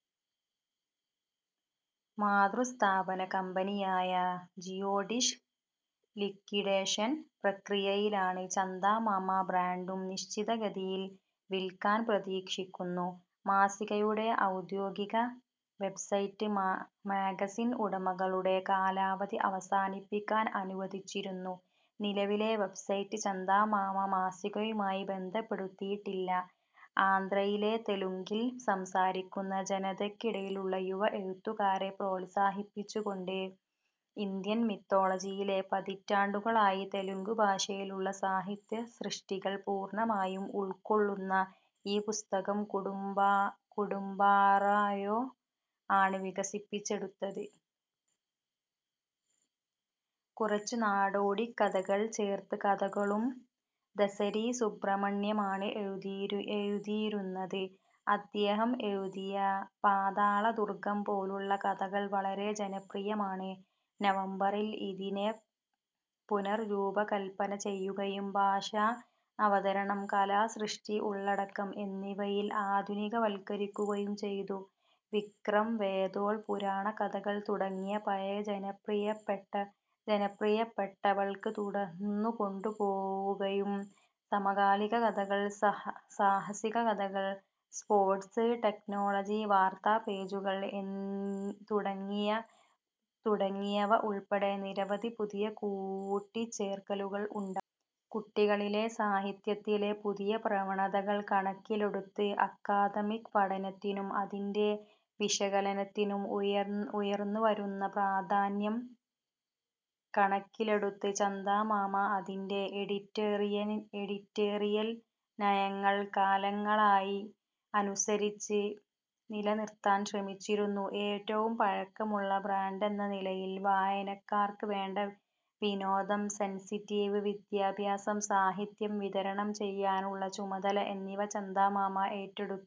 മാതൃസ്ഥാപന കമ്പനിയായ Geodesic liquidation പ്രക്രിയയിലാണ്, ചന്ദാമാമ ബ്രാൻഡും നിശ്ചിത ഗതിയിൽ വിൽക്കാൻ പ്രതീക്ഷിക്കുന്നു. മാസികയുടെ ഔദ്യോഗിക വെബ്സൈറ്റ് മാഗസിൻ ഉടമകളുടെ കാലാവധി അവസാനിപ്പിക്കാൻ അനുവദിച്ചിരുന്നു. നിലവിലെ വെബ്സൈറ്റ് ചന്ദാമാമ മാസികയുമായി ബന്ധപ്പെടുത്തിയിട്ടില്ല. ആന്ധ്രയിലെ തെലുങ്കിൽ സംസാരിക്കുന്ന ജനതയ്ക്കിടയിലുള്ള യുവ എഴുത്തുകാരെ പ്രോത്സാഹിപ്പിച്ചുകൊണ്ട് ഇന്ത്യൻ മിത്തോളജിയിലെ പതിറ്റാണ്ടുകളായി തെലുങ്കു ഭാഷയിലുള്ള സാഹിത്യസൃഷ്ടികൾ പൂർണ്ണമായും ഉൾക്കൊള്ളുന്ന ഈ പുസ്തകം കുടുംബറായോ ആണ് വികസിപ്പിച്ചെടുത്തത്. കുറച്ച് നാടോടിക്കഥകൾ ചേർത്ത് കഥകളും ദസരി സുബ്രഹ്മണ്യമാണ് എഴുതിയിരുന്നത്. അദ്ദേഹം എഴുതിയ പാതാള ദുർഗം പോലുള്ള കഥകൾ വളരെ ജനപ്രിയമാണ്. നവംബറിൽ ഇതിനെ പുനർരൂപകൽപ്പന ചെയ്യുകയും ഭാഷ, അവതരണം, കലാസൃഷ്ടി, ഉള്ളടക്കം എന്നിവയിൽ ആധുനികവൽക്കരിക്കുകയും ചെയ്തു. വിക്രം-വേതാൾ, പുരാണ കഥകൾ തുടങ്ങിയ പഴയ ജനപ്രിയപ്പെട്ടവകൾ തുടർന്നുകൊണ്ടുപോവുകയും, സമകാലിക കഥകൾ, സാഹസിക കഥകൾ, സ്പോർട്സ്, ടെക്നോളജി, വാർത്താ പേജുകൾ തുടങ്ങിയവ ഉൾപ്പെടെ നിരവധി പുതിയ കൂട്ടിച്ചേർക്കലുകൾ ഉണ്ടായി. കുട്ടികളുടെ സാഹിത്യത്തിലെ പുതിയ പ്രവണതകൾ കണക്കിലെടുത്ത്, അക്കാദമിക് പഠനത്തിനും അതിന്റെ വിശകലനത്തിനും ഉയർന്നുവരുന്ന പ്രാധാന്യം കണക്കിലെടുത്ത്, ചന്ദാമാമ അതിന്റെ എഡിറ്റോറിയൽ നയങ്ങൾ കാലങ്ങളായി അനുസരിച്ച് നിലനിർത്താൻ ശ്രമിച്ചിരുന്നു. ഏറ്റവും പഴക്കമുള്ള ബ്രാൻഡെന്ന നിലയിൽ, വായനക്കാർക്ക് വേണ്ടി വിനോദം, സെൻസിറ്റീവ്, വിദ്യാഭ്യാസ സാഹിത്യം, വിതരണം ചെയ്യാനുള്ള ചുമതല എന്നിവ ചന്ദാമാമ ഏറ്റെടുത്തു.